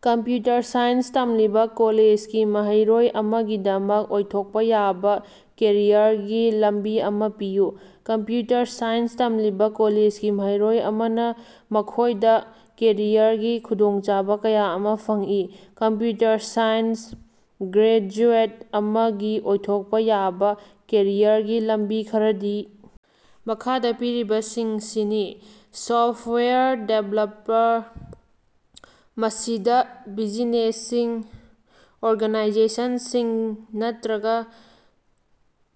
Computer science ꯇꯝꯂꯤꯕ ꯀꯣꯂꯦꯖꯒꯤ ꯃꯍꯩꯔꯣꯏ ꯑꯃꯒꯤꯗꯃꯛ ꯑꯣꯏꯊꯣꯛꯄ ꯌꯥꯕ ꯀꯦꯔꯤꯌꯔꯒꯤ ꯂꯝꯕꯤ ꯑꯃ ꯄꯤꯌꯨ꯫ ꯀꯝꯞꯌꯨꯇꯔ ꯁꯥꯏꯟꯁ ꯇꯝꯂꯤꯕ ꯀꯣꯂꯦꯖꯒꯤ ꯃꯍꯩꯔꯣꯏ ꯑꯃꯅ ꯃꯈꯣꯏꯗ ꯀꯦꯔꯤꯌꯔꯒꯤ ꯈꯨꯗꯣꯡꯆꯥꯕ ꯀꯌꯥ ꯑꯃ ꯐꯪꯏ꯫ ꯀꯝꯄ꯭ꯌꯨꯇꯔ ꯁꯥꯏꯟꯁ ꯒ꯭ꯔꯦꯖꯨꯑꯦꯠ ꯑꯃꯒꯤ ꯑꯣꯏꯊꯣꯛꯄ ꯌꯥꯕ ꯀꯦꯔꯤꯌꯔꯒꯤ ꯂꯝꯕꯤ ꯈꯔꯗꯤ ꯃꯈꯥꯗ ꯄꯤꯔꯤꯕꯁꯤꯡꯁꯤꯅꯤ: ꯁꯣꯐꯇꯋꯦꯌꯔ ꯗꯤꯚꯂꯞꯄ꯭ꯔ: ꯃꯁꯤꯗ ꯕꯤꯖꯤꯅꯦꯁꯁꯤꯡ, ꯑꯣꯔꯒꯥꯅꯥꯏꯖꯦꯁꯟꯁꯤꯡ ꯅꯠꯇ꯭ꯔꯒ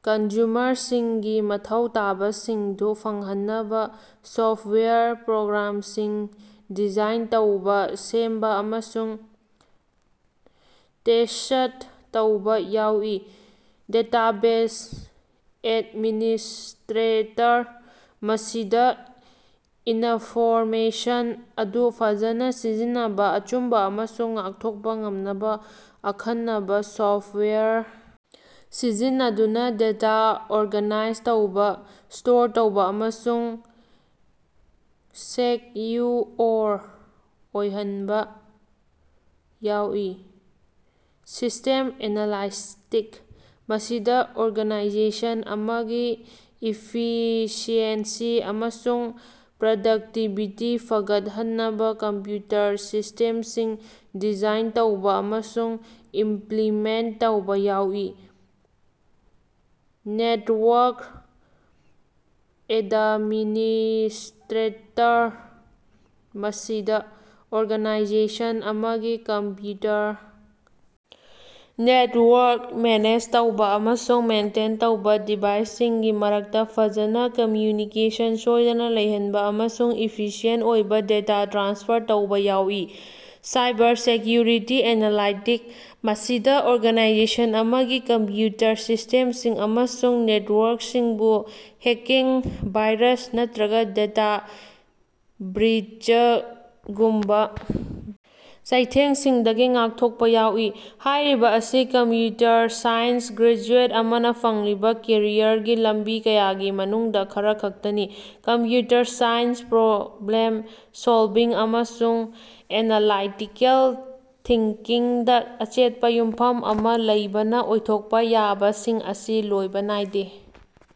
ꯀꯟꯖꯨꯃꯔꯁꯤꯡꯒꯤ ꯃꯊꯧ ꯇꯥꯕꯁꯤꯡꯗꯨ ꯐꯪꯍꯟꯅꯕ ꯁꯣꯐꯇꯋꯦꯌꯔ ꯄ꯭ꯔꯣꯒ꯭ꯔꯥꯝꯁꯤꯡ ꯗꯤꯖꯥꯏꯟ ꯇꯧꯕ, ꯁꯦꯝꯕ ꯑꯃꯁꯨꯡ ꯇꯦꯁ꯭ꯠ ꯇꯧꯕ ꯌꯥꯎꯏ꯫ ꯗꯦꯇꯥꯕꯦꯖ ꯑꯦꯗꯃꯤꯅꯤꯁ꯭ꯇꯔꯦꯇꯔ: ꯃꯁꯤꯗ ꯏꯅꯐꯣꯔꯃꯦꯁꯟ ꯑꯗꯨ ꯐꯖꯅ ꯁꯤꯖꯤꯟꯅꯕ, ꯑꯆꯨꯝꯕ ꯑꯃꯁꯨꯡ ꯉꯥꯛꯊꯣꯛꯄ ꯉꯝꯅꯕ ꯑꯈꯟꯅꯕ ꯁꯣꯐꯇꯋꯦꯌꯔ ꯁꯤꯖꯤꯟꯅꯗꯨꯅ ꯗꯦꯇꯥ ꯑꯣꯔꯒꯥꯅꯥꯏꯖ ꯇꯧꯕ, ꯁ꯭ꯇꯣꯔ ꯇꯧꯕ ꯑꯃꯁꯨꯡ ꯁꯦꯛꯌꯨꯑꯣꯔ ꯑꯣꯏꯍꯟꯕ ꯌꯥꯎꯏ꯫ ꯁꯤꯁ꯭ꯇꯦꯝ ꯑꯦꯅꯥꯂꯥꯏꯇꯤꯛ: ꯃꯁꯤꯗ ꯑꯣꯔꯒꯅꯥꯏꯖꯦꯁꯟ ꯑꯃꯒꯤ ꯏꯐꯤꯁꯤꯑꯦꯟꯁꯤ ꯑꯃꯁꯨꯡ ꯄ꯭ꯔꯗꯛꯇꯤꯕꯤꯇꯤ ꯐꯒꯠꯍꯟꯅꯕ ꯀꯝꯄ꯭ꯌꯨꯇꯔ ꯁꯤꯁ꯭ꯇꯦꯝꯁꯤꯡ ꯗꯤꯖꯥꯏꯟ ꯇꯧꯕ ꯑꯃꯁꯨꯡ ꯏꯝꯄ꯭ꯂꯤꯃꯦꯟꯇ ꯇꯧꯕ ꯌꯥꯎꯏ꯫ ꯅꯦꯇꯋꯥꯔꯛ ꯑꯦꯗꯃꯤꯅꯤꯁ꯭ꯠꯔꯦꯇꯔ: ꯃꯁꯤꯗ ꯑꯣꯔꯒꯥꯅꯥꯏꯖꯦꯁꯟ ꯑꯃꯒꯤ ꯀꯝꯞꯌꯨꯇꯔ ꯅꯦꯇꯋꯥꯔꯛ ꯃꯦꯅꯦꯖ ꯇꯧꯕ ꯑꯃꯁꯨꯡ ꯃꯦꯟꯇꯦꯟ ꯇꯧꯕ ꯗꯤꯚꯥꯏꯁꯁꯤꯡꯒꯤ ꯃꯔꯛꯇ ꯐꯖꯅ ꯀꯝꯝꯌꯨꯅꯤꯀꯦꯁꯟ ꯁꯣꯏꯗꯅ ꯂꯩꯍꯟꯕ ꯑꯃꯁꯨꯡ ꯏꯐꯤꯁꯤꯑꯦꯟꯠ ꯑꯣꯏꯕ ꯗꯦꯇꯥ ꯇ꯭ꯔꯥꯟꯁꯐꯔ ꯇꯧꯕ ꯌꯥꯎꯏ꯫ ꯁꯥꯏꯕꯔꯁꯦꯛꯌꯨꯔꯤꯇꯤ ꯑꯦꯅꯥꯂꯥꯏꯇꯤꯛ: ꯃꯁꯤꯗ ꯑꯣꯔꯒꯥꯅꯥꯏꯖꯦꯁꯟ ꯑꯃꯒꯤ ꯀꯝꯞꯌꯨꯇꯔ ꯁꯤꯁ꯭ꯇꯦꯝꯁꯤꯡ ꯑꯃꯁꯨꯡ ꯅꯦꯇꯋꯥꯔꯛꯁꯤꯡꯕꯨ ꯍꯦꯛꯀꯤꯡ, ꯚꯥꯏꯔꯁ, ꯅꯠꯇ꯭ꯔꯒꯥ ꯗꯦꯇꯥ ꯕ꯭ꯔꯤꯆꯒꯨꯝꯕ ꯆꯩꯊꯦꯡꯁꯤꯡꯗꯒꯤ ꯉꯥꯛꯊꯣꯛꯄ ꯌꯥꯎꯏ꯫ ꯍꯥꯏꯔꯤꯕ ꯑꯁꯤ ꯀꯝꯄ꯭ꯌꯨꯇꯔ ꯁꯥꯏꯟꯁ ꯒ꯭ꯔꯦꯖꯨꯑꯦꯠ ꯑꯃꯅ ꯐꯪꯂꯤꯕ ꯀꯦꯔꯤꯌꯔꯒꯤ ꯂꯝꯕꯤ ꯀꯌꯥꯒꯤ ꯃꯅꯨꯡꯗ ꯈꯔꯈꯛꯇꯅꯤ꯫ ꯀꯝꯞꯌꯨꯇꯔ ꯁꯥꯏꯟꯁ, ꯄ꯭ꯔꯣꯕ꯭ꯂꯦꯝ ꯁꯣꯜꯕꯤꯡ, ꯑꯃꯁꯨꯡ ꯑꯦꯅꯥꯂꯥꯏꯇꯤꯀꯦꯜ ꯊꯤꯡꯀꯤꯡꯗ ꯑꯆꯦꯠꯄ ꯌꯨꯝꯐꯝ ꯑꯃ ꯂꯩꯕꯅ ꯑꯣꯏꯊꯣꯛꯄ ꯌꯥꯕꯁꯤꯡ ꯑꯁꯤ ꯂꯣꯏꯕ ꯅꯥꯏꯗꯦ꯫